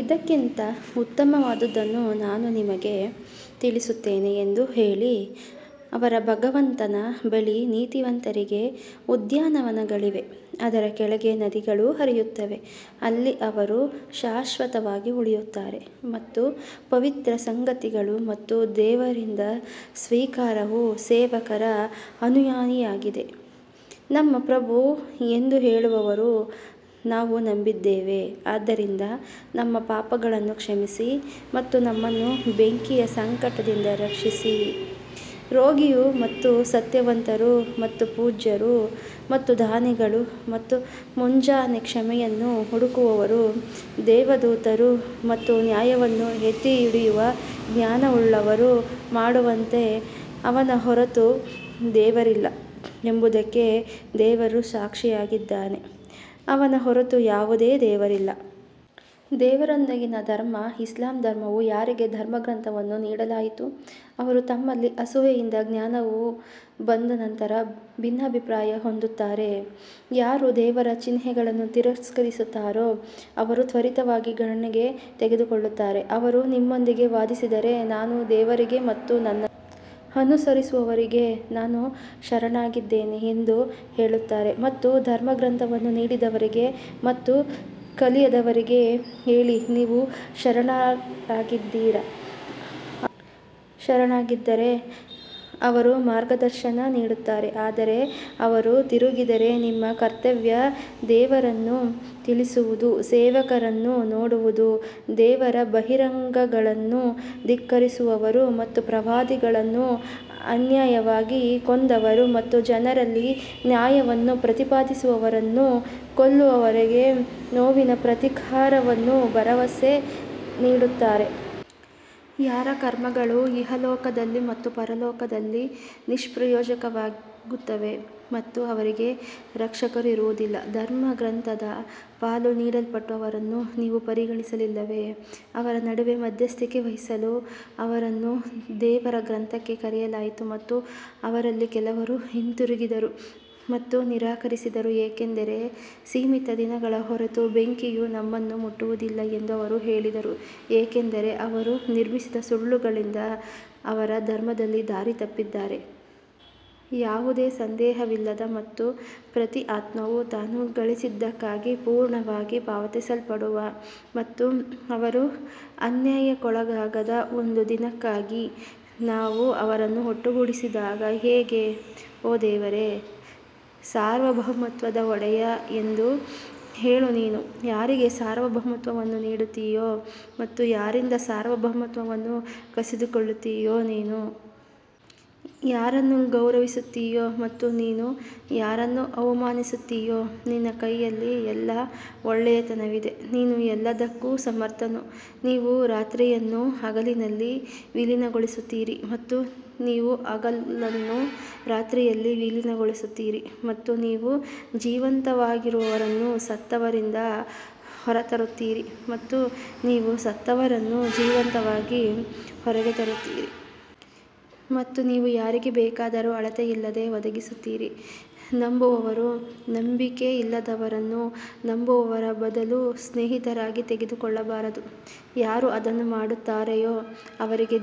ಇದಕ್ಕಿಂತ ಉತ್ತಮವಾದದ್ದನ್ನು ನಾನು ನಿಮಗೆ ತಿಳಿಸುತ್ತೇನೆ ಎಂದು ಹೇಳಿ, ಅವರ ಭಗವಂತನ ಬಳಿ ನೀತಿವಂತರಿಗೆ ಉದ್ಯಾನವನಗಳಿವೆ, ಅದರ ಕೆಳಗೆ ನದಿಗಳು ಹರಿಯುತ್ತವೆ, ಅಲ್ಲಿ ಅವರು ಶಾಶ್ವತವಾಗಿ ಉಳಿಯುತ್ತಾರೆ ಮತ್ತು ಪವಿತ್ರ ಸಂಗಾತಿಗಳು ಮತ್ತು ದೇವರಿಂದ ಸ್ವೀಕಾರವು ಸೇವಕರ ಅನುಯಾಯಿಯಾಗಿದೆ. ನಮ್ಮ ಪ್ರಭು ಎಂದು ಹೇಳುವವರು ನಾವು ನಂಬಿದ್ದೇವೆ ಆದ್ದರಿಂದ ನಮ್ಮ ಪಾಪಗಳನ್ನು ಕ್ಷಮಿಸಿ ಮತ್ತು ನಮ್ಮನ್ನು ಬೆಂಕಿಯ ಸಂಕಟದಿಂದ ರಕ್ಷಿಸಿ ರೋಗಿಯು ಮತ್ತು ಸತ್ಯವಂತರು ಮತ್ತು ಪೂಜ್ಯರು ಮತ್ತು ದಾನಿಗಳು ಮತ್ತು ಮುಂಜಾನೆ ಕ್ಷಮೆಯನ್ನು ಹುಡುಕುವವರು ದೇವದೂತರು ಮತ್ತು ನ್ಯಾಯವನ್ನು ಎತ್ತಿಹಿಡಿಯುವ ಜ್ಞಾನವುಳ್ಳವರು ಮಾಡುವಂತೆ ಅವನ ಹೊರತು ದೇವರಿಲ್ಲ ಎಂಬುದಕ್ಕೆ ದೇವರು ಸಾಕ್ಷಿಯಾಗಿದ್ದಾನೆ, ಅವನ ಹೊರತು ಯಾವುದೇ ದೇವರಿಲ್ಲ. ದೇವರೊಂದಿಗಿನ ಧರ್ಮ ಇಸ್ಲಾಂ ಧರ್ಮವು ಯಾರಿಗೆ ಧರ್ಮಗ್ರಂಥವನ್ನು ನೀಡಲಾಯಿತು, ಅವರು ತಮ್ಮಲ್ಲಿನ ಅಸೂಯೆಯಿಂದ ಜ್ಞಾನವು ಬಂದ ನಂತರವೇ ಭಿನ್ನಾಭಿಪ್ರಾಯ ಹೊಂದುತ್ತಾರೆ, ಯಾರು ದೇವರ ಚಿಹ್ನೆಗಳನ್ನು ತಿರಸ್ಕರಿಸುತ್ತಾರೋ ಅವರು ತ್ವರಿತವಾಗಿ ಗಣನೆಗೆ ತೆಗೆದುಕೊಳ್ಳುತ್ತಾರೆ. ಅವರು ನಿಮ್ಮೊಂದಿಗೆ ವಾದಿಸಿದರೆ ನಾನು ದೇವರಿಗೆ ಮತ್ತು ನನ್ನನ್ನು ಅನುಸರಿಸುವವರಿಗೆ ನಾನು ಶರಣಾಗಿದ್ದೇನೆ ಎಂದು ಹೇಳುತ್ತಾರೆ ಮತ್ತು ಧರ್ಮಗ್ರಂಥವನ್ನು ನೀಡಿದವರಿಗೆ ಮತ್ತು ಕಲಿಯದವರಿಗೆ ಹೇಳಿ ನೀವು ಶರಣಾಗಿದ್ದೀರಾ ಅವರು ಶರಣಾಗಿದ್ದರೆ ಅವರು ಮಾರ್ಗದರ್ಶನ ನೀಡುತ್ತಾರೆ ಆದರೆ ಅವರು ತಿರುಗಿದರೆ ನಿಮ್ಮ ಕರ್ತವ್ಯ ದೇವರನ್ನು ತಿಳಿಸುವುದು ಸೇವಕರನ್ನು ನೋಡುವುದು ದೇವರ ಬಹಿರಂಗಗಳನ್ನು ಧಿಕ್ಕರಿಸುವವರು ಮತ್ತು ಪ್ರವಾದಿಗಳನ್ನು ಅನ್ಯಾಯವಾಗಿ ಕೊಂದವರು ಮತ್ತು ಜನರಲ್ಲಿ ನ್ಯಾಯವನ್ನು ಪ್ರತಿಪಾದಿಸುವವರನ್ನು ಕೊಲ್ಲುವವರಿಗೆ ನೋವಿನ ಪ್ರತೀಕಾರವನ್ನು ಭರವಸೆ ನೀಡುತ್ತಾರೆ. ಯಾರ ಕರ್ಮಗಳು ಇಹಲೋಕದಲ್ಲಿ ಮತ್ತು ಪರಲೋಕದಲ್ಲಿ ನಿಷ್ಪ್ರಯೋಜಕವಾಗುತ್ತವೆ ಮತ್ತು ಅವರಿಗೆ ರಕ್ಷಕರು ಇರುವುದಿಲ್ಲ. ಧರ್ಮಗ್ರಂಥದ ಪಾಲು ನೀಡಲ್ಪಟ್ಟವರನ್ನು ನೀವು ಪರಿಗಣಿಸಲಿಲ್ಲವೇ, ಅವರ ನಡುವೆ ಮಧ್ಯಸ್ಥಿಕೆ ವಹಿಸಲು ಅವರನ್ನು ದೇವರ ಗ್ರಂಥಕ್ಕೆ ಕರೆಯಲಾಯಿತು ಮತ್ತು ಅವರಲ್ಲಿ ಕೆಲವರು ಹಿಂತಿರುಗಿದರು ಮತ್ತು ನಿರಾಕರಿಸಿದರು ಏಕೆಂದರೆ ಸೀಮಿತ ದಿನಗಳ ಹೊರತು ಬೆಂಕಿಯು ನಮ್ಮನ್ನು ಮುಟ್ಟುವುದಿಲ್ಲ ಎಂದು ಅವರು ಹೇಳಿದರು ಏಕೆಂದರೆ ಅವರು ನಿರ್ಮಿಸಿದ ಸುಳ್ಳುಗಳಿಂದ ಅವರ ಧರ್ಮದಲ್ಲಿ ದಾರಿ ತಪ್ಪಿದ್ದಾರೆ. ಯಾವುದೇ ಸಂದೇಹವಿಲ್ಲದ ಮತ್ತು ಪ್ರತಿ ಆತ್ಮವು ತಾನು ಗಳಿಸಿದ್ದಕ್ಕಾಗಿ ಪೂರ್ಣವಾಗಿ ಪಾವತಿಸಲ್ಪಡುವ ಮತ್ತು ಅವರು ಅನ್ಯಾಯಕ್ಕೊಳಗಾಗದ ಒಂದು ದಿನಕ್ಕಾಗಿ ನಾವು ಅವರನ್ನು ಒಟ್ಟುಗೂಡಿಸಿದಾಗ ಹೇಗೆ? ಓ ದೇವರೇ ಸಾರ್ವಭೌಮತ್ವದ ಒಡೆಯ ಎಂದು ಹೇಳು ನೀನು ಯಾರಿಗೆ ಸಾರ್ವಭೌಮತ್ವವನ್ನು ನೀಡುತ್ತೀಯೋ ಮತ್ತು ಯಾರಿಂದ ಸಾರ್ವಭೌಮತ್ವವನ್ನು ಕಸಿದುಕೊಳ್ಳುತ್ತೀಯೋ ನೀನು ಯಾರನ್ನು ಗೌರವಿಸುತ್ತೀಯೋ ಮತ್ತು ನೀನು ಯಾರನ್ನು ಅವಮಾನಿಸುತ್ತೀಯೋ ನಿನ್ನ ಕೈಯಲ್ಲಿ ಎಲ್ಲಾ ಒಳ್ಳೆಯತನವಿದೆ ನೀನು ಎಲ್ಲದಕ್ಕೂ ಸಮರ್ಥನು ನೀವು ರಾತ್ರಿಯನ್ನು ಹಗಲಿನಲ್ಲಿ ವಿಲೀನಗೊಳಿಸುತ್ತೀರಿ ಮತ್ತು ನೀವು ಹಗಲನ್ನು ರಾತ್ರಿಯಲ್ಲಿ ವಿಲೀನಗೊಳಿಸುತ್ತೀರಿ ಮತ್ತು ನೀವು ಜೀವಂತವಾಗಿರುವವರನ್ನು ಸತ್ತವರಿಂದ ಹೊರತರುತ್ತೀರಿ ಮತ್ತು ನೀವು ಸತ್ತವರನ್ನು ಜೀವಂತವಾಗಿ ಹೊರಗೆ ತರುತ್ತೀರಿ ಮತ್ತು ನೀವು ಯಾರಿಗೆ ಬೇಕಾದರೂ ಅಳತೆಯಿಲ್ಲದೆ ಒದಗಿಸುತ್ತೀರಿ ನಂಬುವವರು ನಂಬಿಕೆಯಿಲ್ಲದವರನ್ನು ನಂಬುವವರ ಬದಲು ಸ್ನೇಹಿತರಾಗಿ ತೆಗೆದುಕೊಳ್ಳಬಾರದು, ಯಾರು ಅದನ್ನು ಮಾಡುತ್ತಾರೆಯೋ ಅವರಿಗೆ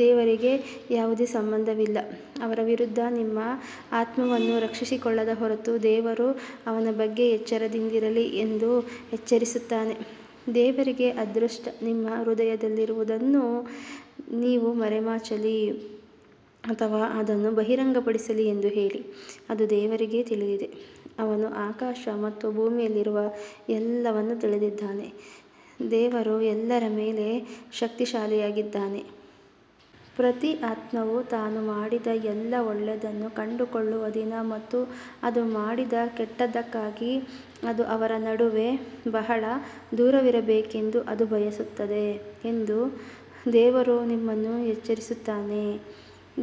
ದೇವರಿಗೆ ಯಾವುದೇ ಸಂಬಂಧವಿಲ್ಲ, ಅವರ ವಿರುದ್ಧ ನಿಮ್ಮ ಆತ್ಮವನ್ನು ರಕ್ಷಿಸಿಕೊಳ್ಳದ ಹೊರತು ದೇವರು ಅವನ ಬಗ್ಗೆ ಎಚ್ಚರದಿಂದಿರಿ ಎಂದು ಎಚ್ಚರಿಸುತ್ತಾನೆ ದೇವರಿಗೆ ಅದೃಷ್ಟ ನಿಮ್ಮ ಹೃದಯದಲ್ಲಿರುವುದನ್ನು ನೀವು ಮರೆಮಾಚಲಿ ಅಥವಾ ಅದನ್ನು ಬಹಿರಂಗಪಡಿಸಲಿ ಎಂದು ಹೇಳಿ, ಅದು ದೇವರಿಗೆ ತಿಳಿದಿದೆ, ಅವನು ಆಕಾಶ ಮತ್ತು ಭೂಮಿಯಲ್ಲಿರುವ ಎಲ್ಲವನ್ನೂ ತಿಳಿದಿದ್ದಾನೆ, ದೇವರು ಎಲ್ಲದರ ಮೇಲೆ ಶಕ್ತಿಶಾಲಿಯಾಗಿದ್ದಾನೆ. ಪ್ರತಿ ಆತ್ಮವು ತಾನು ಮಾಡಿದ ಎಲ್ಲಾ ಒಳ್ಳೆಯದನ್ನು ಕಂಡುಕೊಳ್ಳುವ ದಿನ ಮತ್ತು ಅದು ಮಾಡಿದ ಕೆಟ್ಟದ್ದಕ್ಕಾಗಿ ಅದು ಅವರ ನಡುವೆ ಬಹಳ ದೂರವಿರಬೇಕೆಂದು ಅದು ಬಯಸುತ್ತದೆ ಎಂದು ದೇವರು ನಿಮ್ಮನ್ನು ಎಚ್ಚರಿಸುತ್ತಾನೆ,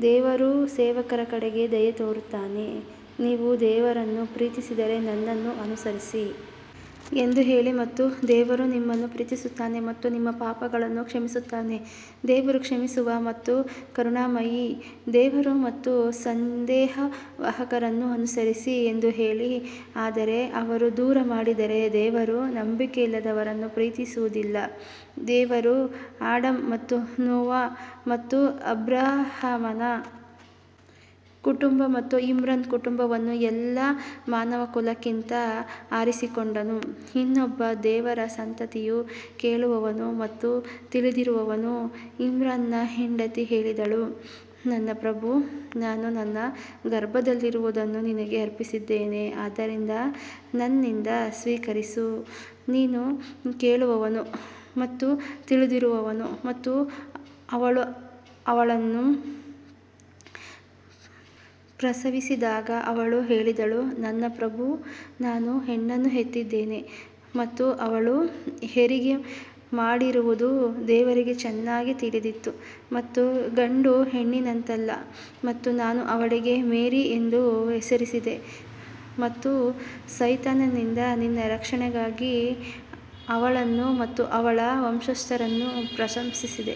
ದೇವರು ಸೇವಕರ ಕಡೆಗೆ ದಯೆ ತೋರುತ್ತಾನೆ ನೀವು ದೇವರನ್ನು ಪ್ರೀತಿಸಿದರೆ ನನ್ನನ್ನು ಅನುಸರಿಸಿ ಎಂದು ಹೇಳಿ ಮತ್ತು ದೇವರು ನಿಮ್ಮನ್ನು ಪ್ರೀತಿಸುತ್ತಾನೆ ಮತ್ತು ನಿಮ್ಮ ಪಾಪಗಳನ್ನು ಕ್ಷಮಿಸುತ್ತಾನೆ ದೇವರು ಕ್ಷಮಿಸುವ ಮತ್ತು ಕರುಣಾಮಯಿ ದೇವರು ಮತ್ತು ಸಂದೇಶವಾಹಕರನ್ನು ಅನುಸರಿಸಿ ಎಂದು ಹೇಳಿ ಆದರೆ ಅವರು ದೂರ ಮಾಡಿದರೆ ದೇವರು ನಂಬಿಕೆಯಿಲ್ಲದವರನ್ನು ಪ್ರೀತಿಸುವುದಿಲ್ಲ ದೇವರು ಆಡಮ್ ಮತ್ತು ನೋವಾ ಮತ್ತು ಅಬ್ರಹಾಮನ ಕುಟುಂಬ ಮತ್ತು ಇಮ್ರಾನ್ ಕುಟುಂಬವನ್ನು ಎಲ್ಲಾ ಮಾನವಕುಲಕ್ಕಿಂತ ಆರಿಸಿಕೊಂಡನು ಇನ್ನೊಬ್ಬ ದೇವರ ಸಂತತಿಯು ಕೇಳುವವನು ಮತ್ತು ತಿಳಿದಿರುವವನು ಇಮ್ರಾನ್ನ ಹೆಂಡತಿ ಹೇಳಿದಳು ನನ್ನ ಪ್ರಭು ನಾನು ನನ್ನ ಗರ್ಭದಲ್ಲಿರುವುದನ್ನು ನಿನಗೆ ಅರ್ಪಿಸಿದ್ದೇನೆ ಆದ್ದರಿಂದ ನನ್ನಿಂದ ಸ್ವೀಕರಿಸು ನೀನು ಕೇಳುವವನು ಮತ್ತು ತಿಳಿದಿರುವವನು ಮತ್ತು ಅವಳು ಅವಳನ್ನು ಪ್ರಸವಿಸಿದಾಗ ಅವಳು ಹೇಳಿದಳು ನನ್ನ ಪ್ರಭು ನಾನು ಹೆಣ್ಣನ್ನು ಹೆತ್ತಿದ್ದೇನೆ ಮತ್ತು ಅವಳು ಹೆರಿಗೆ ಮಾಡಿರುವುದು ದೇವರಿಗೆ ಚೆನ್ನಾಗಿ ತಿಳಿದಿತ್ತು ಮತ್ತು ಗಂಡು ಹೆಣ್ಣಿನಂತಲ್ಲ ಮತ್ತು ನಾನು ಅವಳಿಗೆ ಮೇರಿ ಎಂದು ಹೆಸರಿಸಿದೆ ಮತ್ತು ಸೈತಾನನಿಂದ ನಿನ್ನ ರಕ್ಷಣೆಗಾಗಿ ಅವಳನ್ನು ಮತ್ತು ಅವಳ ವಂಶಸ್ಥರನ್ನು ಪ್ರಶಂಸಿಸಿದೆ.